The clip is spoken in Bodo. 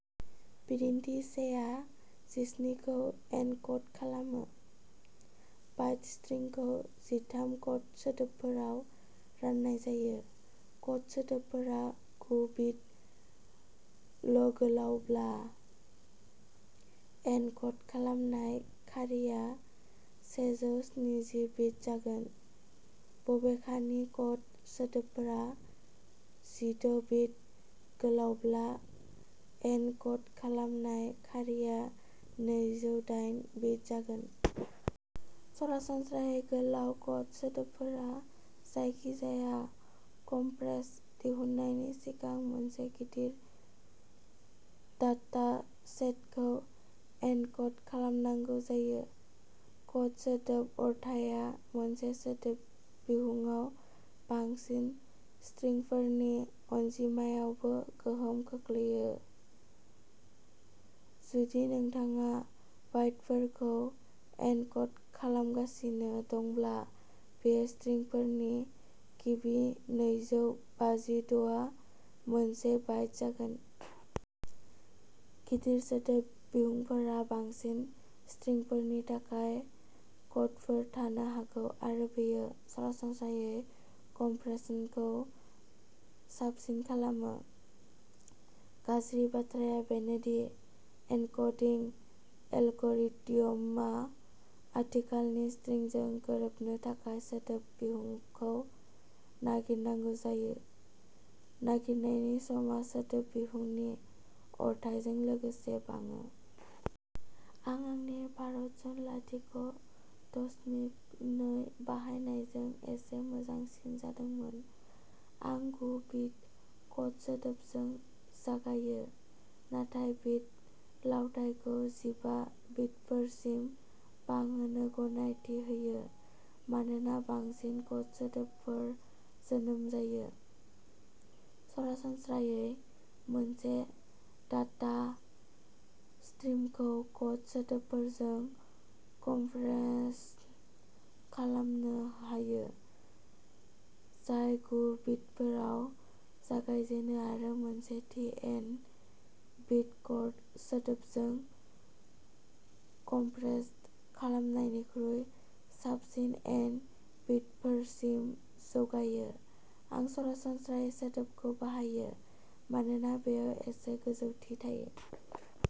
बिदिन्थि से आ जिस्निखौ एनक'ड खालामो। बाइट स्ट्रिंखौ जिथाम क'ड सोदोबफोराव राननाय जायो। क'ड सोदोबफोरा गु बिट ल'गोलावब्ला, एनक'ड खालामनाय खारिआ सेजौ जिस्नि बिट जागोन। बबेखानि, क'ड सोदोबफोरा जिद’ बिट गोलावब्ला, एनक'ड खालामनाय खारिआ नैजौ दाइन बिट जागोन। सरासनस्रायै, गोलाव क'ड सोदोबफोरा जायखिजाया कमप्रेसन दिहुननायनि सिगां मोनसे गिदिर डाटा सेटखौ एनक'ड खालामनांगौ जायो। क'ड सोदोब अरथाइया मोनसे सोदोब बिहुंआव बांसिन स्ट्रिंफोरनि अनजिमायावबो गोहोम खोख्लैयो। जुदि नोंथाङा बाइटफोरखौ एनक'ड खालामगासिनो दंब्ला बै स्ट्रिंफोरनि गिबि नैजौ बाजिद’ आ मोनसेल' बाइट जागोन। गिदिर सोदोब बिहुंफोरा बांसिन स्ट्रिंफोरनि थाखाय क'डफोर थानो हागौ आरो बेयो सरासनस्रायै कमप्रेसनखौ साबसिन खालामो। गाज्रि बाथ्राया बेनो दि एनक'डिं एलग'रिडमआ आथिखालनि स्ट्रिंजों गोरोबनो थाखाय सोदोब बिहुंखौ नागिरनांगौ जायो। नागिरनायनि समा सोदोब बिहुंनि अरथाइजों लोगोसे बाङो। आं आंनि भारसन लाथिख’ दसमिक नै बाहायनायजों एसे मोजांसिन जादोंमोन। आं गु बिट क'ड सोदोबजों जागायो, नाथाय बिट लावथाइखौ जिबा बिटफोरसिम बांहोनो गनायथि होयो मानोना बांसिन क'ड सोदोबफोर जोनोम जायो। सरासनस्रायै मोनसे डाटा स्ट्रिमखौ क'ड सोदोबफोरजों कमप्रेस्ड खालामनो हायो जाय गु बिटफोराव जागायजेनो आरो मोनसे थि एन बिट क'ड सोदोबजों कमप्रेस्ड खालामनायनिख्रुइ साबसिन एन बिटफोरसिम जौगायो। आं "सरासनस्रायै" सोदोबखौ बाहायो, मानोना बेयाव एसे गोजौथिं थायो।